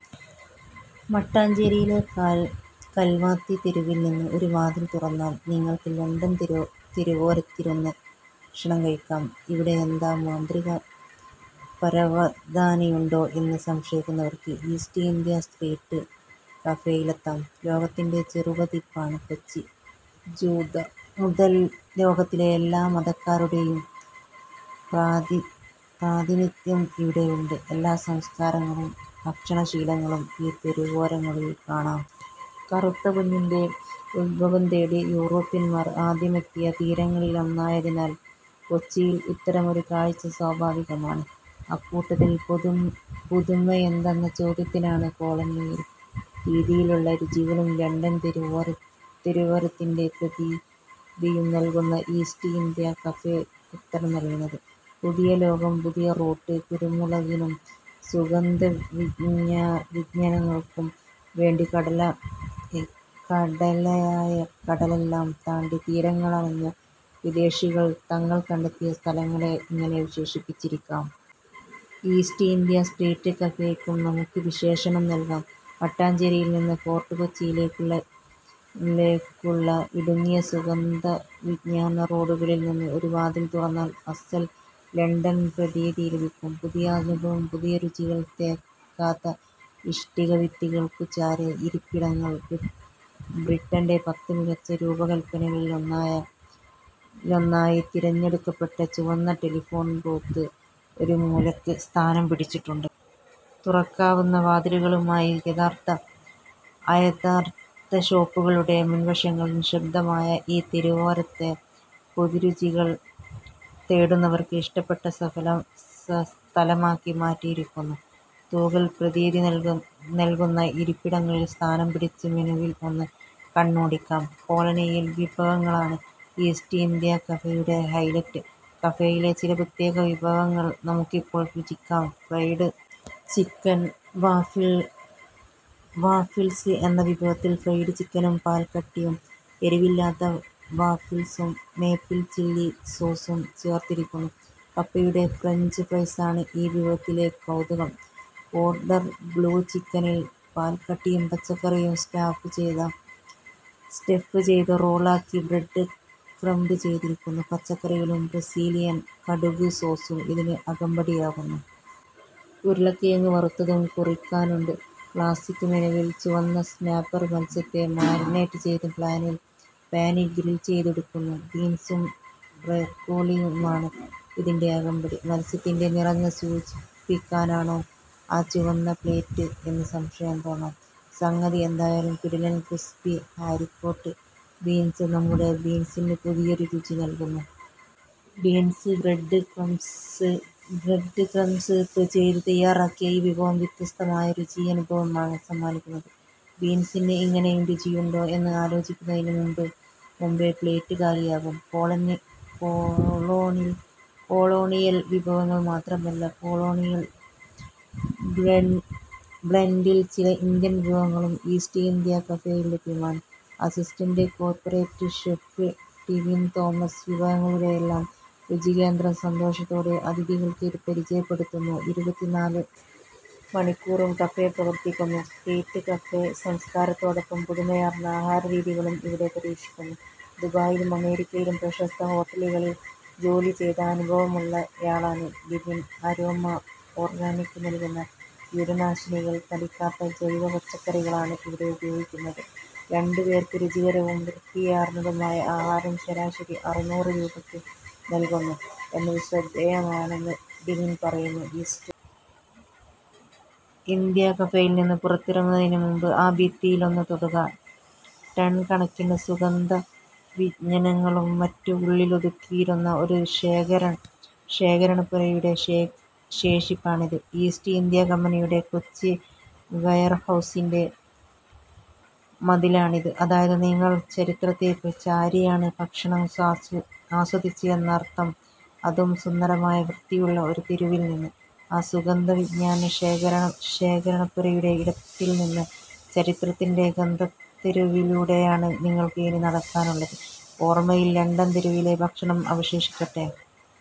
മട്ടാഞ്ചേരിയിലെ കൽവാത്തി തെരുവിൽനിന്ന് ഒരു വാതിൽ തുറന്നാൽ നിങ്ങൾക്ക് ലണ്ടൻ തെരുവോരത്തിരുന്ന് ഭക്ഷണം കഴിക്കാം. ഇവിടെ എന്താ മാന്ത്രികപ്പരവതാനിയുണ്ടോ എന്ന് സംശയിക്കുന്നവർക്ക് ഈസ്റ്റ് ഇന്ത്യ സ്ട്രീറ്റ് കഫേയിലെത്താം. ലോകത്തിന്റെ ചെറുപതിപ്പാണ് കൊച്ചി. ജൂതർ മുതൽ ലോകത്തിലെ എല്ലാ മതക്കാരുടെയും പ്രാതിനിധ്യം ഇവിടെയുണ്ട്. എല്ലാ സംസ്കാരങ്ങളും ഭക്ഷണശീലങ്ങളും ഈ തെരുവോരങ്ങളിൽ കാണാം. കറുത്ത പൊന്നിന്റെ ഉദ്ഭവം തേടി യൂറോപ്യൻമാർ ആദ്യമെത്തിയ തീരങ്ങളിലൊന്നായതിനാൽ കൊച്ചിയിൽ ഇത്തരമൊരു കാഴ്ച സ്വാഭാവികമാണ്. അക്കൂട്ടത്തിൽ പുതുമയെന്തെന്ന ചോദ്യത്തിനാണ് കൊളോണിയൽ രീതിയിലുള്ള രുചികളും ലണ്ടൻ തെരുവോരത്തിന്റെ പ്രതീതിയും നൽകുന്ന ഈസ്റ്റ് ഇന്ത്യാ കഫേ ഉത്തരം നൽകുന്നത്. പുതിയ ലോകം. പുതിയ റൂട്ട്. കുരുമുളകിനും സുഗന്ധവ്യഞ്ജനങ്ങൾക്കും വേണ്ടി കടലായ കടലെല്ലാം താണ്ടി തീരങ്ങളണഞ്ഞ വിദേശികൾ തങ്ങൾ കണ്ടെത്തിയ സ്ഥലങ്ങളെ ഇങ്ങനെ വിശേഷിപ്പിച്ചിരിക്കാം. ഈസ്റ്റ് ഇന്ത്യ സ്ട്രീറ്റ് കഫേയ്ക്കും നമുക്കീ വിശേഷണം നൽകാം. മട്ടാഞ്ചേരിയിൽനിന്ന് ഫോർട്ട് കൊച്ചിയിലേക്കുള്ള ഇടുങ്ങിയ സുഗന്ധവ്യഞ്ജന റോഡുകളിൽനിന്ന് ഒരു വാതിൽ തുറന്നാൽ അസ്സൽ ലണ്ടൻ പ്രതീതി ലഭിക്കും. പുതിയ അനുഭവം. പുതിയ രുചികൾ. തേക്കാത്ത ഇഷ്ടികഭിത്തികൾക്കു ചാരെ ഇരിപ്പിടങ്ങൾ. ബ്രിട്ടന്റെ പത്ത് മികച്ച രൂപകൽപ്പനകളിലൊന്നായി തിരഞ്ഞെടുക്കപ്പെട്ട ചുവന്ന ടെലിഫോൺ ബൂത്ത് ഒരു മൂലയ്ക്ക് സ്ഥാനം പിടിച്ചിട്ടുണ്ട്. തുറക്കാവുന്ന വാതിലുകളുമായി അയഥാർഥ ഷോപ്പുകളുടെ മുൻവശങ്ങൾ നിശ്ശബ്ദമായ ഈ തെരുവോരത്തെ പുതുരുചികൾ തേടുന്നവർക്ക് ഇഷ്ടപ്പെട്ട സ്ഥലമാക്കി മാറ്റിയിരിക്കുന്നു. തുകൽ പ്രതീതി നൽകുന്ന ഇരിപ്പിടങ്ങളിൽ സ്ഥാനം പിടിച്ച് മെനുവിൽ ഒന്ന് കണ്ണോടിക്കാം. കൊളോണിയൽ വിഭവങ്ങളാണ് ഈസ്റ്റ് ഇന്ത്യാ കഫേയുടെ ഹൈലൈറ്റ്. കഫേയിലെ ചില പ്രത്യേക വിഭവങ്ങൾ നമുക്കിപ്പോൾ രുചിക്കാം. ഫ്രൈഡ് ചിക്കൻ വാഫിൾസ് എന്ന വിഭവത്തിൽ ഫ്രൈഡ് ചിക്കനും പാൽക്കട്ടിയും എരിവില്ലാത്ത വാഫിൾസും മേപ്പിൾ ചില്ലി സോസും ചേർത്തിരിക്കുന്നു. കപ്പയുടെ ഫ്രഞ്ച് ഫ്രൈസാണ് ഈ വിഭവത്തിലെ കൗതുകം. കോർഡൺ ബ്ല്യൂ ചിക്കനിൽ പാൽക്കട്ടിയും പച്ചക്കറികളും സ്റ്റഫ് ചെയ്ത് റോൾ ആക്കി ബ്രെഡ് ക്രംപ് ചെയ്തിരിക്കുന്നു. പച്ചക്കറികളും ബ്രസീലിയൻ കടുക് സോസും ഇതിന് അകമ്പടിയാകുന്നു. ഉരുളക്കിഴങ്ങ് വറുത്തതും കൊറിക്കാനുണ്ട്. ക്ലാസിക് മെനുവിൽ ചുവന്ന സ്നാപ്പർ മത്സ്യത്തെ മാരിനേറ്റ് ചെയ്ത് പാനിൽ ഗ്രിൽ ചെയ്തെടുക്കുന്നു. ബീൻസും ബ്രൊക്കോളിയുമാണ് ഇതിന്റെ അകമ്പടി. മത്സ്യത്തിന്റെ നിറത്തെ സൂചിപ്പിക്കാനാണോ ആ ചുവന്ന പ്ലേറ്റ് എന്ന് സംശയം തോന്നാം. സംഗതി എന്തായാലും കിടിലൻ. ക്രിസ്പി ഹാരിക്കോട്ട് ബീൻസ് നമ്മുടെ ബീൻസിന് പുതിയൊരു രുചി നൽകുന്നു. ബീൻസ് ബ്രെഡ് ക്രംപ് ചെയ്ത് തയ്യാറാക്കിയ ഈ വിഭവം വ്യത്യസ്തമായ രുചിയനുഭവമാണ് സമ്മാനിക്കുന്നത്. ബീൻസിന് ഇങ്ങനെയും രുചിയുണ്ടോ എന്ന് ആലോചിക്കുന്നതിന് മുമ്പേ പ്ലേറ്റ് കാലിയാകും. കൊളോണിയൽ വിഭവങ്ങൾ മാത്രമല്ല. കൊളോണിയൽ ബ്ലെൻഡിൽ ചില ഇന്ത്യൻ വിഭവങ്ങളും ഈസ്റ്റ് ഇന്ത്യാ കഫേയിൽ ലഭ്യമാണ്. Assistant corporate chef Tibin Thomas വിഭവങ്ങളുടെയെല്ലാം രുചികേന്ദ്രം സന്തോഷത്തോടെ അതിഥികൾക്ക് പരിചയപ്പെടുത്തുന്നു. ഇരുപത്തിനാല് മണിക്കൂറും കഫേ പ്രവർത്തിക്കുന്നു. സ്ട്രീറ്റ് കഫേ സംസ്കാരത്തോടൊപ്പം പുതുമയാർന്ന ആഹാരരീതികളും ഇവിടെ പരീക്ഷിക്കുന്നു. ദുബായിലും അമേരിക്കയിലും പ്രശസ്ത ഹോട്ടലുകളിൽ ജോലി ചെയ്ത അനുഭവമുള്ളയാളാണ് ടിബിൻ. അരോമ ഓർഗാനിക് നൽകുന്ന കീടനാശിനികൾ തളിക്കാത്ത ജൈവ പച്ചക്കറികളാണ് ഇവിടെ ഉപയോഗിക്കുന്നത്. രണ്ടുപേർക്ക് രുചികരവും വൃത്തിയാർന്നതുമായ ആഹാരം ശരാശരി അറുനൂറ് രൂപയ്ക്ക് നൽകുന്നു എന്നത് ശ്രദ്ധേയമാണെന്ന് ടിബിൻ പറയുന്നു. ഈസ്റ്റ് ഇന്ത്യാ കഫേയിൽനിന്ന് പുറത്തിറങ്ങുന്നതിന് മുമ്പ് ആ ഭിത്തിയിലൊന്ന് തൊടുക. ടൺ കണക്കിന് സുഗന്ധവ്യഞ്ജനങ്ങളും മറ്റും ഉള്ളിലൊതുക്കിയിരുന്ന ഒരു ശേഖരണപ്പുരയുടെ ശേഷിപ്പാണിത്. ഈസ്റ്റ് ഇന്ത്യാ കമ്പനിയുടെ കൊച്ചി വെയർഹൗസിന്റെ മതിലാണിത്. അതായത് നിങ്ങൾ ചരിത്രത്തെ ചാരിയാണ് ഭക്ഷണം ആസ്വദിച്ചത് എന്നർഥം. അതും സുന്ദരമായ വൃത്തിയുള്ള ഒരു തെരുവിൽനിന്ന്. ആ സുഗന്ധവ്യഞ്ജന ശേഖരണപ്പുരയുടെ ഇടത്തിൽനിന്ന് ചരിത്രത്തിന്റെ ഗന്ധത്തേരുവിലൂടെയാണ് നിങ്ങൾക്ക് ഇനി നടക്കാനുള്ളത്. ഓർമയിൽ ലണ്ടൻ തെരുവിലെ ഭക്ഷണം അവശേഷിക്കട്ടെ.